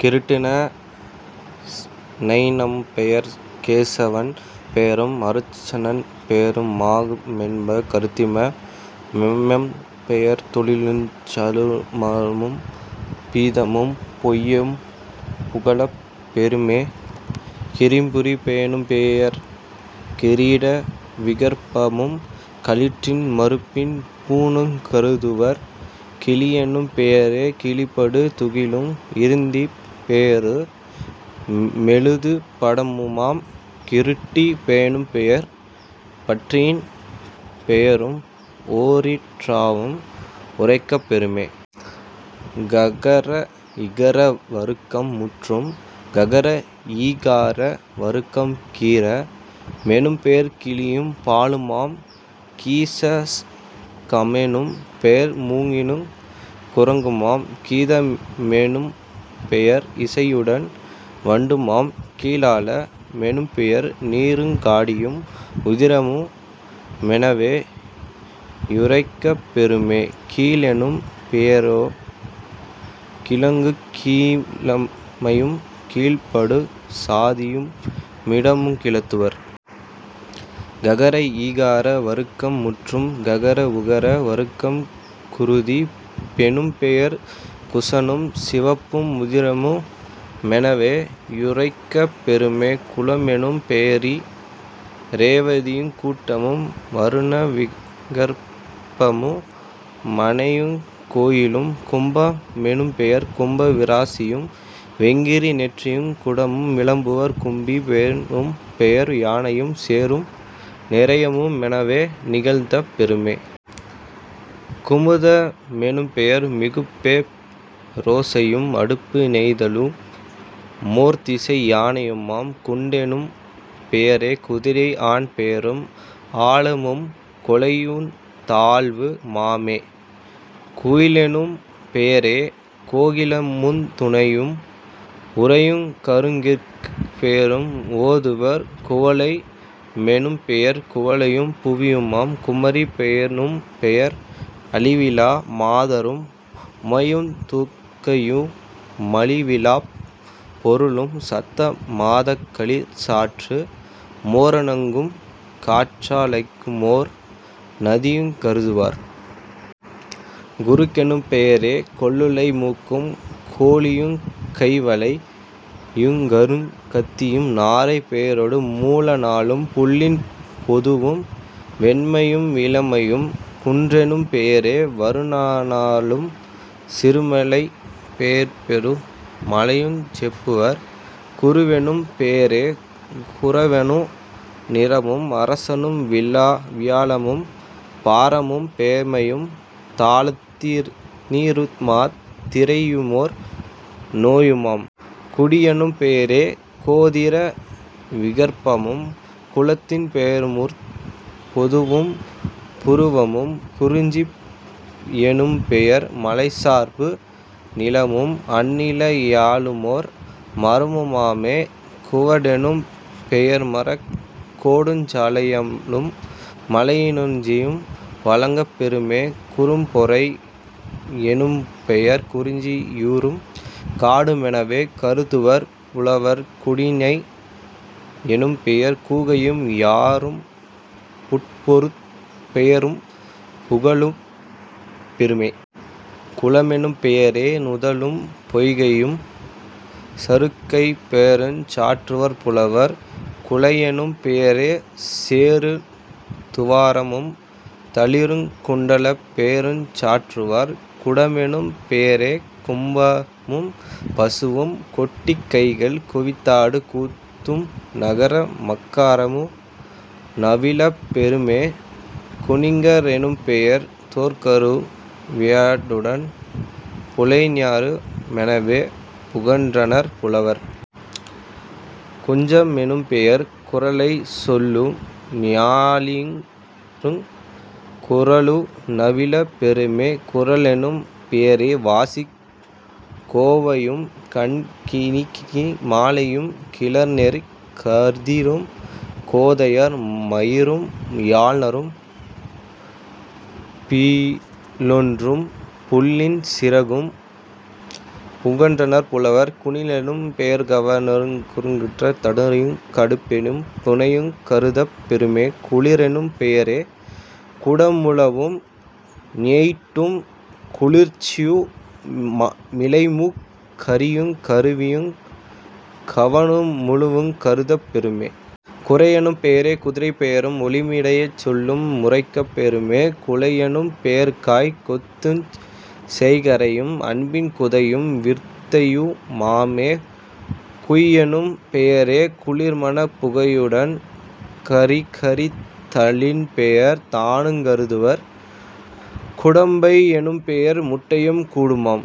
கிருட்டின னெனும்பெயர் கேசவன் பெயரும் அருச்சனன் பெயரு மாகு மென்ப..... கிருத்திம மெனும்பெயர் தொழிலுஞ் சருமமும் பூதமும் பொய்யும் புகலப் பெறுமே..... கிம்புரி யெனும்பெயர் கிரீட விகற்பமும் களிற்றின் மருப்பின் பூணுங் கருதுவர்..... கிழியெனும் பெயரே கிழிபடு துகிலும் இருநிதிப் பெயரு மெழுது படமுமாம்..... கிருட்டி யெனும்பெயர் பன்றியின் பெயரும் ஓரீற் றாவும் உரைக்கப் பெறுமே..... ககர இகர வருக்கம் முற்றும். ககர ஈகார வருக்கம் கீர மெனும்பெயர் கிளியும் பாலுமாம்..... கீச கமெனும் பெயர் மூங்கிலுங் குரங்குமாம்..... கீத மெனும்பெயர் இசையுடன் வண்டுமாம்..... கீலால மெனும்பெயர் நீருங் காடியும் உதிரமு மெனவே யுரைக்கப் பெறுமே..... கீழெனும் பெயரே கிழக்குங் கீழ்மையும் கீழ்ப்படு சாதியு மிடமுங் கிளத்துவர்..... ககர ஈகார வருக்கம் முற்றும். ககர உகர வருக்கம் குருதி யெனும்பெயர் குசனும் சிவப்பும் உதிரமு மெனவே யுரைக்கப் பெறுமே..... குலமெனும் பெயரி ரேவதியுங் கூட்டமும் வருண விகற்பமு மனையுங் கோயிலும்..... கும்ப மெனும்பெயர் கும்ப விராசியும் வெங்கிரி நெற்றியுங் குடமும் விளம்புவர்..... கும்பி யெனும்பெயர் யானையும் சேறும் நிரயமு மெனவே நிகழ்த்தப் பெறுமே..... குமுத மெனும்பெயர் மிகும்பே ரோசையும் அடுப்பு நெய்தலு மோர்திசை யானையுமாம்..... குண்டெனும் பெயரே குதிரை ஆண்பெயரும் ஆழமும் கொலையுந் தாழ்வு மாமே..... குயிலெனும் பெயரே கோகிலமுந் துளையும் உரையுங் கருமுகிற் பெயரும் ஓதுவர்..... குவலைய மெனும்பெயர் குவளையும் புவியுமாம்..... குமரி யெனும்பெயர் அழிவிலா மாதரும் உமையுந் துர்க்கையு மழிவிலாப் பொருளும் சத்த மாதாக்களிற் சாற்று மோரணங்கும் கற்றா ழையுமோர் நதியுங் கருதுவர்..... குருகெனும் பெயரே கொல்லுலை மூக்கும் கோழியுங் கைவளை யுங்குருக் கத்தியும் நாரை பெயரோடு மூல நாளும் புள்ளின் பொதுவும் வெண்மையும் இளமையும்.... குன்றெனும் பெயரே வருண னாளும் சிறுமலைப் பெயர்பெரு மலையுஞ் செப்புவர்.... குருவெனும் பெயரே குரவனு நிறமும் அரசனும் வியாழமும் பாரமும் பெருமையும் தாளத்தி னிருமாத் திரையுமோர் நோயுமாம்..... குடியெனும் பெயரே கோத்திர விகற்பமும் குலத்தின் பெயருமூர்ப் பொதுவும் புருவமும்..... குறிஞ்சி யெனும்பெயர் மலைச்சார்பு நிலமும் அந்நில யாழுமோர் மரமு மாமே..... குவடெனும் பெயர்மரக் கோடுஞ் சயிலமும் மலையி னுச்சியும் வழங்கப் பெறுமே..... குறும்பொறை யெனும்பெயர் குறிஞ்சி யூரும் காடு மெனவே கருதுவர் புலவர்..... குடிஞை யெனும்பெயர் கூகையும் யாறும் புட்பொதுப் பெயரும் புகலப் பெறுமே..... குளமெனும் பெயரே நுதலும் பொய்கையும் சருக்கரைப் பெயருஞ் சாற்றுவர் புலவர்..... குழையெனும் பெயரே சேறுந் துவாரமும் தளிறுங் குண்டலப் பெயருஞ் சாற்றுவர்..... குடமெனும் பெயரே கும்பமும் பசுவும் கொட்டிக் கைகள் குவித்தாடு கூத்தும் நகர மக்காரமு நவிலப் பெறுமே..... குணுங்க ரெனும்பெயர் தோற்கரு வியருடன் புலைஞரு மெனவே புகன்றனர் புலவர்..... குஞ்ச மெனும்பெயர் குறளைச் சொல்லும் நாழியுங் குறளு நவிலப் பெறுமே..... குரலெனும் பெயரே வாசிக் கோவையும் கிண்கிணி மாலையும் கிளர்நெற் கதிரும் கோதையர் மயிரும் யாழ்நரம் பிலொன்றும் புள்ளின் சிறகும் புகன்றனர் புலவர்..... குணிலெனும் பெயர்கவ ணுங்குறுந் தடியுங் கடிப்பெனும் பணையுங் கருதப் பெறுமே..... குளிரெனும் பெயரே குடமுழவும் ஞெண்டும் குளிர்ச்சியு மிலைமூக் கரியுங் கருவியுங் கவணு மழுவுங் கருதப் பெறுமே..... குரையெனும் பெயரே குதிரைப் பெயரும் ஒலியுமிடைச் சொல்லு முரைக்கப் பெறுமே..... குலையெனும் பெயர்காய்க் கொத்துஞ் செய்கரையும் அம்பின் குதையும் விற்குதையு மாமே..... குய்யெனும் பெயரே குளிர்மணப் புகையுடன் கறிகரித் தலின்பெயர் தானுங் கருதுவர்..... குடம்பை யெனும்பெயர் முட்டையும் கூடுமாம்...